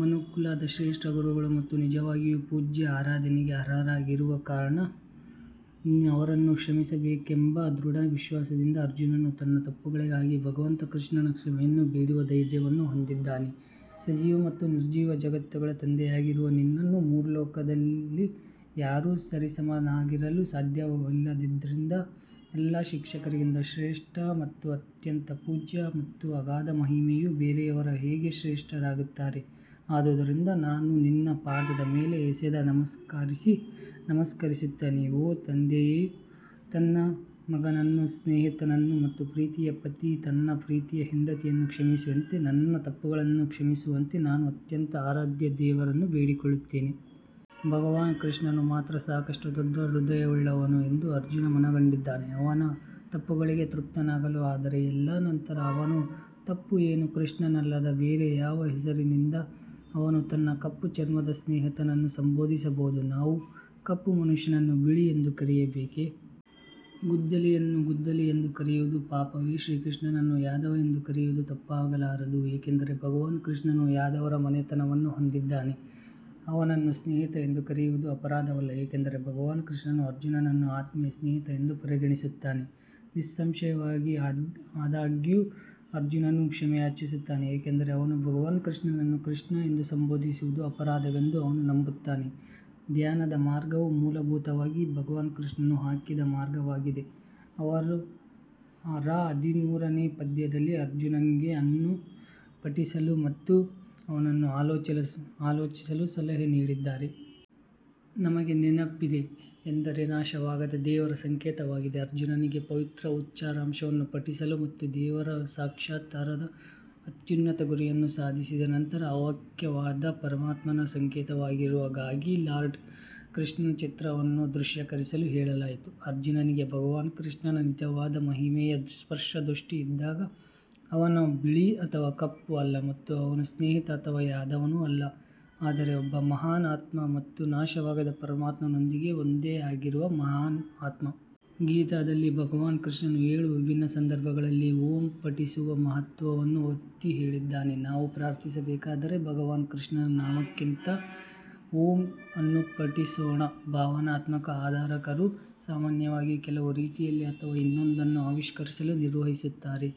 ಮನುಕುಲದ ಶ್ರೇಷ್ಠ ಗುರುಗಳು ಮತ್ತು ನಿಜವಾಗಿಯೂ ಪೂಜ್ಯ ಆರಾಧನೆಗೆ ಅರ್ಹರಾಗಿರುವ ಕಾರಣ ಅವರನ್ನು ಕ್ಷಮಿಸುವೆನೆಂಬ ದೃಢ ವಿಶ್ವಾಸದಿಂದಾಗಿ ಅರ್ಜುನನು ತನ್ನ ತಪ್ಪುಗಳಿಗಾಗಿ ಭಗವಂತ ಕೃಷ್ಣನ ಕ್ಷಮೆಯನ್ನು ಬೇಡುವ ಧೈರ್ಯವನ್ನು ಹೊಂದಿದ್ದಾನೆ. ಸಜೀವ ಮತ್ತು ನಿರ್ಜೀವ ಜಗತ್ತುಗಳ ತಂದೆಯಾಗಿರುವ ನಿನ್ನನ್ನು ಮೂರು ಲೋಕಗಳಲ್ಲಿ ಯಾರೂ ಸರಿಸಮನಾಗಿರಲು ಸಾಧ್ಯವಿಲ್ಲವಾದ್ದರಿಂದ, ಎಲ್ಲ ಶಿಕ್ಷಕರಿಗಿಂತ ಶ್ರೇಷ್ಠ ಮತ್ತು ಅತ್ಯಂತ ಪೂಜ್ಯ ಮತ್ತು ಅಗಾಧ ಮಹಿಮೆಯು ಬೇರೆಯವರು ಹೇಗೆ ಶ್ರೇಷ್ಠರಾಗುತ್ತಾರೆ ಆದುದರಿಂದ ನಾನು ನಿನ್ನ ಪಾದದ ಮೇಲೆ ಎಸೆದು ನಮಸ್ಕರಿಸಿ ನಮಸ್ಕರಿಸುತ್ತೇನೆ, ಓ ತಂದೆಯು ತನ್ನ ಮಗನನ್ನು ಸ್ನೇಹಿತನನ್ನು ಮತ್ತು ಪ್ರೀತಿಯ ಪತಿ ತನ್ನ ಪ್ರೀತಿಯ ಹೆಂಡತಿಯನ್ನು ಕ್ಷಮಿಸುವಂತೆ ನನ್ನ ತಪ್ಪುಗಳನ್ನು ಕ್ಷಮಿಸುವಂತೆ ನಾನು ಅತ್ಯಂತ ಆರಾಧ್ಯ ದೇವರನ್ನು ಬೇಡಿಕೊಳ್ಳುತ್ತೇನೆ. ಭಗವಾನ್ ಕೃಷ್ಣನು ಮಾತ್ರ ಸಾಕಷ್ಟು ದೊಡ್ಡ ಹೃದಯವುಳ್ಳವನು ಎಂದು ಅರ್ಜುನ್ ಮನಗಂಡಿದ್ದಾನೆ ಅವನ ತಪ್ಪುಗಳಿಗೆ ತೃಪ್ತನಾಗಲು ಆದರೆ ಎಲ್ಲಾ ನಂತರ ಅವನ ತಪ್ಪು ಏನು ಕೃಷ್ಣನಲ್ಲದೆ ಬೇರೆ ಯಾವ ಹೆಸರಿನಿಂದ ಅವನು ತನ್ನ ಕಪ್ಪು ಚರ್ಮದ ಸ್ನೇಹಿತನನ್ನು ಸಂಬೋಧಿಸಬಹುದು ನಾವು ಕಪ್ಪು ಮನುಷ್ಯನನ್ನು ಬಿಳಿ ಎಂದು ಕರೆಯಬೇಕೇ? ಗುದ್ದಲಿಯನ್ನು ಗುದ್ದಲಿ ಎಂದು ಕರೆಯುವುದು ಪಾಪವೇ ಶ್ರೀಕೃಷ್ಣನನ್ನು ಯಾದವ ಎಂದು ಕರೆಯುವುದು ತಪ್ಪಾಗಲಾರದು ಏಕೆಂದರೆ ಭಗವಾನ್ ಕೃಷ್ಣನು ಯಾದವರ ಮನೆತನವನ್ನು ಹೊಂದಿದ್ದನು. ಅವನನ್ನು ಸ್ನೇಹಿತ ಎಂದು ಕರೆಯುವುದು ಅಪರಾಧವಲ್ಲ ಏಕೆಂದರೆ ಭಗವಾನ್ ಕೃಷ್ಣನು ಅರ್ಜುನನನ್ನು ಆತ್ಮೀಯ ಸ್ನೇಹಿತ ಎಂದು ಪರಿಗಣಿಸುತ್ತಾನೆ. ನಿಸ್ಸಂಶಯವಾಗಿ ಆದಾಗ್ಯೂ ಅರ್ಜುನನು ಕ್ಷಮೆಯಾಚಿಸುತ್ತಾನೆ ಏಕೆಂದರೆ ಅವನು ಭಗವಾನ್ ಕೃಷ್ಣನನ್ನು ಕೃಷ್ಣ ಎಂದು ಸಂಬೋಧಿಸುವುದು ಅಪರಾಧವೆಂದು ಅವನು ನಂಬುತ್ತಾನೆ ಧ್ಯಾನದ ಮಾರ್ಗವು ಮೂಲಭೂತವಾಗಿ ಭಗವಾನ್ ಶ್ರೀಕೃಷ್ಣನು ಹಾಕಿದ ಮಾರ್ಗವಾಗಿದೆ ಅವರು ರ ಹದಿಮೂರನೇ ಪದ್ಯದಲ್ಲಿ ಅರ್ಜುನ್ಗೆ ಅನ್ನು ಪಠಿಸಲು ಮತ್ತು ಅವನನ್ನು ಆಲೋಚಿಸಲು ಸಲಹೆ ನೀಡಿದರು. ನಮಗೆ ನೆನಪಿದೆ ಎಂದರೆ ನಾಶವಾಗದ ದೇವರ ಸಂಕೇತವಾಗಿದೆ ಅರ್ಜುನನಿಗೆ ಪವಿತ್ರ ಉಚ್ಚಾರಾಂಶವನ್ನು ಪಠಿಸಲು ಮತ್ತು ದೇವರ ಸಾಕ್ಷಾತ್ಕಾರದ ಅತ್ಯುನ್ನತ ಗುರಿಯನ್ನು ಸಾಧಿಸಿದ ನಂತರ ಅವ್ಯಕ್ತವಾದ ಪರಮಾತ್ಮನ ಸಂಕೇತವಾಗಿರುವ ಗಾಗಿ ಲಾರ್ಡ್ ಕೃಷ್ಣನ ಚಿತ್ರವನ್ನು ದೃಶ್ಯೀಕರಿಸಲು ಹೇಳಲಾಯಿತು. ಅರ್ಜುನನಿಗೆ ಭಗವಾನ್ ಕೃಷ್ಣನ ನಿಜವಾದ ಮಹಿಮೆಯ ಸ್ಪಷ್ಟ ದೃಷ್ಟಿ ಇದ್ದಾಗ ಅವನು ಬಿಳಿ ಅಥವಾ ಕಪ್ಪು ಅಲ್ಲ ಮತ್ತು ಅವನು ಸ್ನೇಹಿತ ಅಥವಾ ಯಾದವನೂ ಅಲ್ಲ, ಆದರೆ ಒಬ್ಬ ಮಹಾನ್ ಆತ್ಮ ಮತ್ತು ನಾಶವಾಗದ ಪರಮಾತ್ಮನೊಂದಿಗೆ ಒಂದೇ ಆಗಿರುವ ಮಹಾನ್ ಆತ್ಮ. ಗೀತಾದಲ್ಲಿ ಭಗವಾನ್ ಕೃಷ್ಣನು ಏಳು ವಿಭಿನ್ನ ಸಂದರ್ಭಗಳಲ್ಲಿ ಓಂ ಪಠಿಸುವ ಮಹತ್ವವನ್ನು ಒತ್ತಿಹೇಳಿದ್ದಾನೆ. ನಾವು ಪ್ರಾರ್ಥಿಸಬೇಕಾದರೆ ಭಗವಾನ್ ಕೃಷ್ಣನ ನಾಮಕ್ಕಿಂತ ಓಎಂ ಅನ್ನು ಪಠಿಸೋಣ ಭಾವನಾತ್ಮಕ ಆರಾಧಕರು ಸಾಮಾನ್ಯವಾಗಿ ಕೆಲವು ರೀತಿಯಲ್ಲಿ ಅಥವಾ ಇನ್ನೊಂದನ್ನು ಆವಿಷ್ಕರಿಸಲು ನಿರ್ವಹಿಸುತ್ತಾರೆ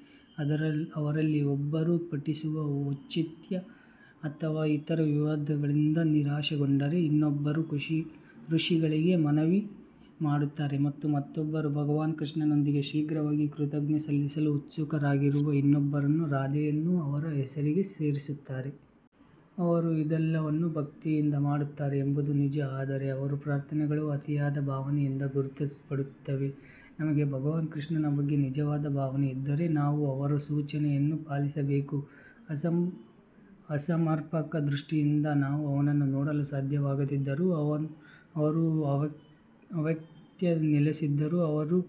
ಅವರಲ್ಲಿ ಒಬ್ಬರು ಪಠಿಸುವ ಔಚಿತ್ಯ ಅಥವಾ ಇತರ ವಿವಾದಗಳಿಂದ ನಿರಾಶೆಗೊಂಡರೆ, ಇನ್ನೊಬ್ಬರು ಋಷಿಗಳಿಗೆ ಮನವಿ ಮಾಡುತ್ತಾರೆ ಮತ್ತು ಮತ್ತೊಬ್ಬರು ಭಗವಾನ್ ಶ್ರೀಕೃಷ್ಣನೊಂದಿಗೆ ಶೀಘ್ರವಾಗಿ ಕೃತಜ್ಞತೆ ಸಲ್ಲಿಸಲು ಉತ್ಸುಕರಾಗಿರುವ ಇನ್ನೊಬ್ಬರು ರಾಧೆಯನ್ನು ಅವರ ಹೆಸರಿಗೆ ಸೇರಿಸುತ್ತಾರೆ. ಅವರು ಇದೆಲ್ಲವನ್ನೂ ಭಕ್ತಿಯಿಂದ ಮಾಡುತ್ತಾರೆ ಎಂಬುದು ನಿಜ ಆದರೆ ಅವರ ಪ್ರಾರ್ಥನೆಗಳು ಅತಿಯಾದ ಭಾವನೆಯಿಂದ ಗುರುತಿಸಲ್ಪಡುತ್ತವೆ ನಮಗೆ ಭಗವಾನ್ ಕೃಷ್ಣನ ಬಗ್ಗೆ ನಿಜವಾದ ಭಾವನೆ ಇದ್ದರೆ ನಾವು ಅವರ ಸೂಚನೆಯನ್ನು ಪಾಲಿಸಬೇಕು ಅಸಮರ್ಪಕ ದೃಷ್ಟಿಯಿಂದಾಗಿ ನಾವು ಅವನನ್ನು ನೋಡಲು ಸಾಧ್ಯವಾಗದಿದ್ದರೂ ಅವರು ಅವ್ಯಕ್ತದಲ್ಲಿ ನೆಲೆಸಿದ್ದರೂ ಅವರು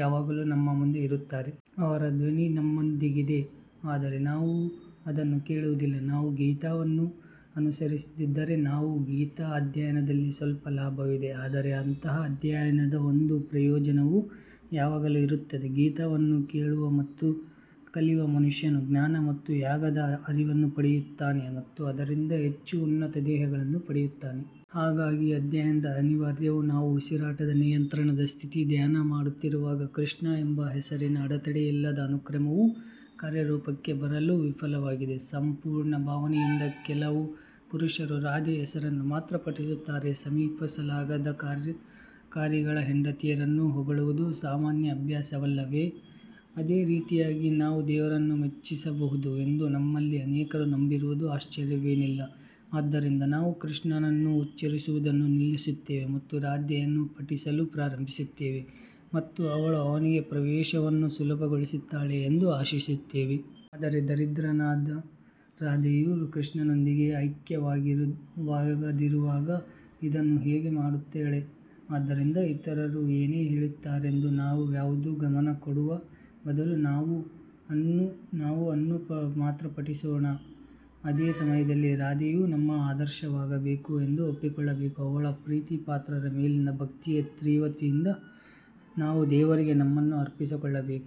ಯಾವಾಗಲೂ ನಮ್ಮ ಮುಂದೆ ಇರುತ್ತಾರೆ. ಅವರ ಧ್ವನಿ ನಮ್ಮೊಂದಿಗಿದೆ ಆದರೆ ನಾವು ಅದನ್ನು ಕೇಳುವುದಿಲ್ಲ ನಾವು ಗೀತಾವನ್ನು ಅನುಸರಿಸದಿದ್ದರೆ ನಾವು ಗೀತಾ ಅಧ್ಯಯನದಲ್ಲಿ ಸ್ವಲ್ಪ ಲಾಭವಿದೆ, ಆದರೆ ಅಂತಹ ಅಧ್ಯಯನದ ಒಂದು ಪ್ರಯೋಜನವು ಯಾವಾಗಲೂ ಇರುತ್ತದೆ. ಗೀತಾವನ್ನು ಕೇಳುವ ಮತ್ತು ಕಲಿಯುವ ಮನುಷ್ಯನು ಜ್ಞಾನ ಮತ್ತು ಯಾಗದ ಅರಿವನ್ನು ಪಡೆಯುತ್ತಾನೆ ಮತ್ತು ಆದ್ದರಿಂದ ಹೆಚ್ಚು ಉನ್ನತ ದೇಹಗಳನ್ನು ಪಡೆಯುತ್ತಾನೆ. ಹಾಗಾಗಿ ಅಧ್ಯಯನ ಅನಿವಾರ್ಯ ನಾವು ಉಸಿರಾಟದ ನಿಯಂತ್ರಣದ ಸ್ಥಿತಿಯಲ್ಲಿ ಧ್ಯಾನ ಮಾಡುತ್ತಿರುವಾಗ ಕೃಷ್ಣ ಎಂಬ ಹೆಸರಿನ ಅಡೆತಡೆಯಿಲ್ಲದ ಅನುಕ್ರಮವು ಕಾರ್ಯರೂಪಕ್ಕೆ ಬರಲು ವಿಫಲವಾಗಿದೆ. ಸಂಪೂರ್ಣ ಭಾವನೆಯಿಂದ ಕೆಲವು ಪುರುಷರು ರಾಧೆಯ ಹೆಸರನ್ನು ಮಾತ್ರ ಪಠಿಸುತ್ತಾರೆ ಸಮೀಪಿಸಲಾಗದ ಕಾರ್ಯಕಾರಿಗಳ ಹೆಂಡತಿಯರನ್ನು ಹೊಗಳುವುದು ಸಾಮಾನ್ಯ ಅಭ್ಯಾಸವಲ್ಲವೇ ಅದೇ ರೀತಿಯಲ್ಲಿ ನಾವು ದೇವರನ್ನು ಮೆಚ್ಚಿಸಬಹುದು ಎಂದು ನಮ್ಮಲ್ಲಿ ಅನೇಕರು ನಂಬಿರುವುದು ಆಶ್ಚರ್ಯವೇನಿಲ್ಲ ಆದ್ದರಿಂದ ನಾವು ಕೃಷ್ಣನನ್ನು ಉಚ್ಚರಿಸುವುದನ್ನು ನಿಲ್ಲಿಸುತ್ತೇವೆ ಮತ್ತು ರಾಧೆಯನ್ನು ಪಠಿಸಲು ಪ್ರಾರಂಭಿಸುತ್ತೇವೆ ಮತ್ತು ಅವಳು ಅವನಿಗೆ ಪ್ರವೇಶವನ್ನು ಸುಲಭಗೊಳಿಸುತ್ತಾಳೆ ಎಂದು ಆಶಿಸುತ್ತೇವೆ. ಆದರೆ ದರಿದ್ರನಾದ ರಾಧೆಯು ಶ್ರೀಕೃಷ್ಣನೊಂದಿಗೆ ಐಕ್ಯವಾಗದಿರುವಾಗ ಇದನ್ನು ಹೇಗೆ ಮಾಡುತ್ತಾಳೆ ಆದ್ದರಿಂದ ಇತರರು ಏನು ಹೇಳುತ್ತಾರೆಂದು ಯಾವುದೇ ಗಮನ ಕೊಡುವ ಬದಲು ನಾವು ಅನ್ನು ಮಾತ್ರ ಪಠಿಸೋಣ ಅದೇ ಸಮಯದಲ್ಲಿ ರಾಧೆಯು ನಮ್ಮ ಆದರ್ಶವಾಗಬೇಕು ಎಂದು ಒಪ್ಪಿಕೊಳ್ಳಬೇಕು, ಅವಳ ಪ್ರೀತಿಪಾತ್ರರ ಮೇಲಿನ ಭಕ್ತಿಯ ತೀವ್ರತೆಯಿಂದ ನಾವು ದೇವರಿಗೆ ನಮ್ಮನ್ನು ಅರ್ಪಿಸಿಕೊಳ್ಳಬೇಕು.